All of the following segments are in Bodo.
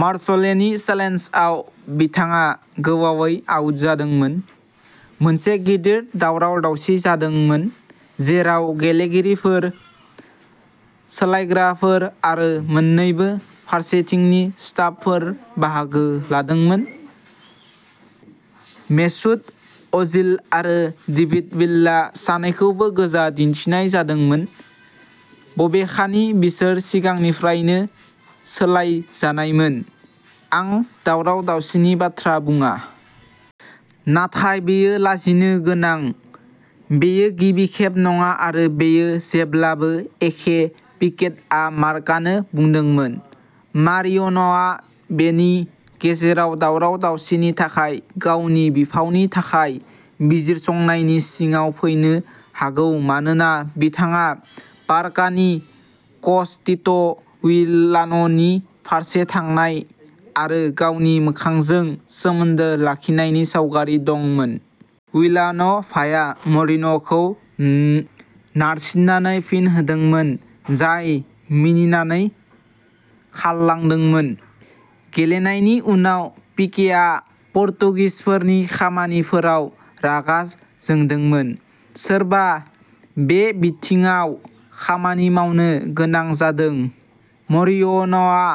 मार्सेलोनि चेलेन्जआव बिथाङा गोबावै आउट जादोंमोन। मोनसे गिदिर दावराव-दावसि जादोंमोन जेराव गेलेगिरिफोर, सोलायग्राफोर आरो मोननैबो फारसेथिंनि स्टाफफोरा बाहागो लादोंमोन मेसुत अजिल आरो डेभिड भिल्ला सानैखौबो गोजा दिन्थिनाय जादोंमोन बबेखानि बिसोर सिगांनिफ्रायनो सोलायजानायमोन। आं दावराव-दावसिनि बाथ्रा बुङा। नाथाय बेयो लाजिनोगोनां, बेयो गिबि खेब नङा आरो बेयो जेब्लाबो एखे पिकेआ मार्कानो बुंदोंमोन। मरिनय'आ बेनि गेजेराव दावराव-दावसिनि थाखाय गावनि बिफावनि थाखाय बिजिरसंनायनि सिङाव फैनो हागौ मानोना बिथाङा बारकानि कच टिट'विलान'वानि फारसे थांनाय आरो गावनि मोखांजों सोमोन्दो लाखिनायनि सावगारि दंमोन। विलान'भाया मरिनय'खौ उ नारसिन्नानै फिन होदोंमोन जाय मिनिनानै खारलांदोंमोन। गेलेनायनि उनाव पिकेआ पर्तुगिसफोरनि खामानिफोराव रागा जोंदोंमोन। सोरबा बे बिथिङाव खामानि मावनो गोनां जादों। मरिनय'आ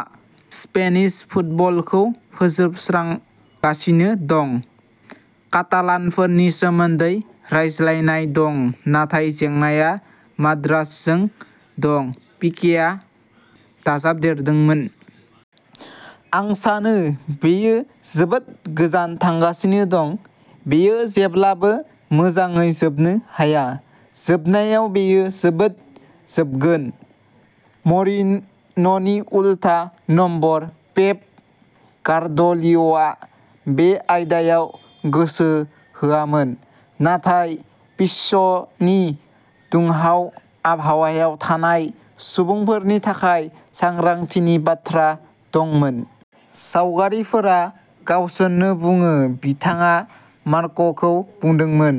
स्पेनिश फुटबलखौ फोजोबस्रांगासिनो दं। कातालानफोरनि सोमोन्दै रायज्लायनाय दं नाथाय जेंनाआ माद्रिदजों दं पिकेआ दाजाबदेरदोंमोन। आं सानो बेयो जोबोद गोजान थांगासिनो दं। बेयो जेब्लाबो मोजाङै जोबनो हाया। जोबनायाव बेयो जोबोद जोबगोन। "मरिनय'नि उल्था नम्बर पेप गार्डिय'लिया बे आयदायाव गोसो होआमोन नाथाय पिच्चनि दुंहाव आबहावायाव थानाय सुबुंफोरनि थाखाय सांग्रांथिनि बाथ्रा दंमोन।" सावगारिफोरा गावसोरनो बुङो बिथाङा मार्काखौ बुंदोंमोन।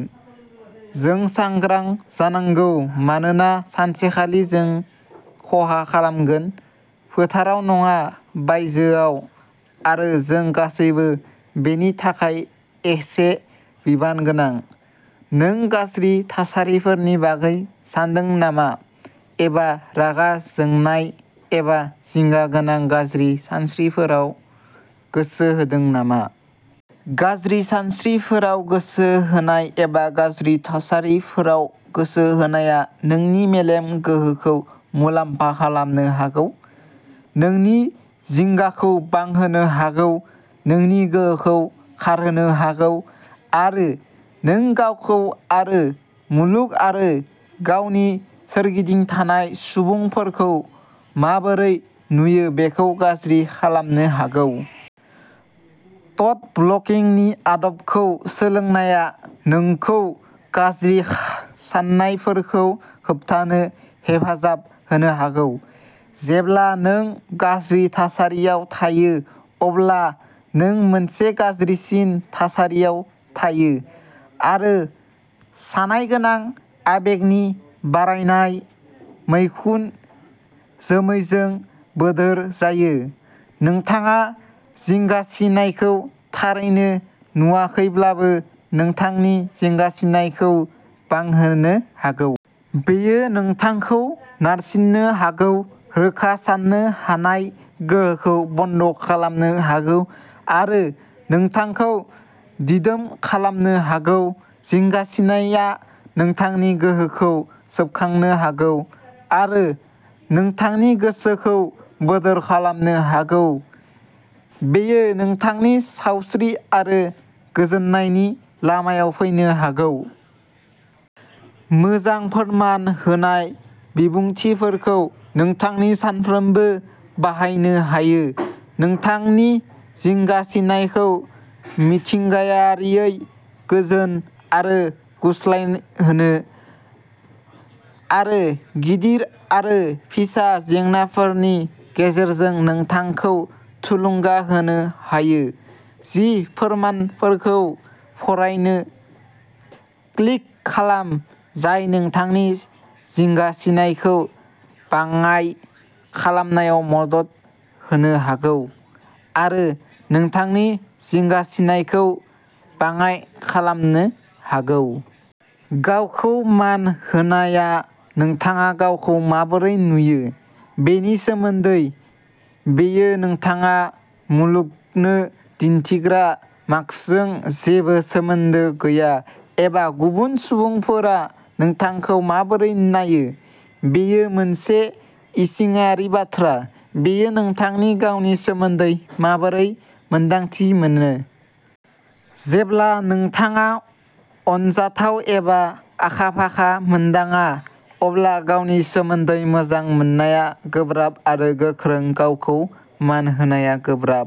"जों सांग्रां जानांगौ मानोना सानसेखालि जों खहा खालामगोन फोथाराव नङा बायजोयाव आरो जों गासैबो बेनि थाखाय एसे बिबान गोनां।" नों गाज्रि थासारिफोरनि बागै सानदों नामा? एबा रागा जोंनाय एबा जिंगा गोनां गाज्रि सानस्रिफोराव गोसो होदों नामा? गाज्रि सानस्रिफोराव गोसो होनाय एबा गाज्रि थासारिफोराव गोसो होनाया नोंनि मेलेम गोहोखौ मुलाम्फा खालामनो हागौ, नोंनि जिंगाखौ बांहोनो हागौ नोंनि गोहोखौ खारहोनो हागौ आरो नों गावखौ आरो मुलुग आरो गावनि सोरगिदिं थानाय सुबुंफोरखौ माबोरै नुयो बेखौ गाज्रि खालामनो हागौ। थ'ट ब्ल'किं नि आदबखौ सोलोंनाया नोंखौ गाज्रि साननायफोरखौ होबथानो हेफाजाब होनो हागौ। जेब्ला नों गाज्रि थासारियाव थायो अब्ला नों मोनसे गाज्रिसिन थासारियाव थायो आरो सानायगोनां आबेगनि बारायनाय मैखुन जोमैजों बोदोर जायो। नोंथाङा जिंगासिनायखौ थारैनो नुवाखैब्लाबो नोंथांनि जिंगासिनायखौ बांहोनो हागौ। बेयो नोंथांखौ नारसिननो हागौ रोखा सान्नो हानाय गोहोखौ बन्द'खालामनो हागौ आरो नोंथांखौ दिदोम खालामनो हागौ। जिंगासिनाया नोंथांनि गोहोखौ सोबखांनो हागौ आरो नोंथांनि गोसोखौ बोदोर खालामनो हागौ। बेयो नोंथांनि सावस्रि आरो गोजोननायनि लामायाव फैनो हागौ। मोजां फोरमान होनाय बिबुंथिफोरखौ नोंथांनि सानफ्रोमबो बाहायनो हायो नोंथांनि जिंगासिनायखौ मिथिंगायारियै गोजोन आरो सुग्लायहोनो आरो गिदिर आरो फिसा जेंनाफोरनि गेजेरजों नोंथांखौ थुलुंगा होनो हायो। जि फोरमानफोरखौ फरायनो क्लिक खालाम जाय नोंथांनि जिंगासिनायखौ बाङाय खालामनायाव मदद होनो हागौ आरो नोंथांनि जिंगासिनायखौ बाङाय खालामनो हागौ। गावखौ मान होनायआ नोंथाङा गावखौ माबोरै नुयो बेनि सोमोन्दै। बेयो नोंथाङा मुलुगनो दिन्थिग्रा मास्कजों जेबो सोमोन्दो गैया एबा गुबुन सुबुंफोरा नोंथांखौ माबोरै नायो। बेयो मोनसे इसिङारि बाथ्रा। बेयो नोंथांनि गावनि सोमोन्दै माबोरै मोन्दांथि मोनो। जेब्ला नोंथाङा अनजाथाव एबा आखा-फाखा मोनदाङा, अब्ला गावनि सोमोन्दै मोजां मोननाया गोब्राब आरो गोख्रों गावखौ मान होनाया गोब्राब।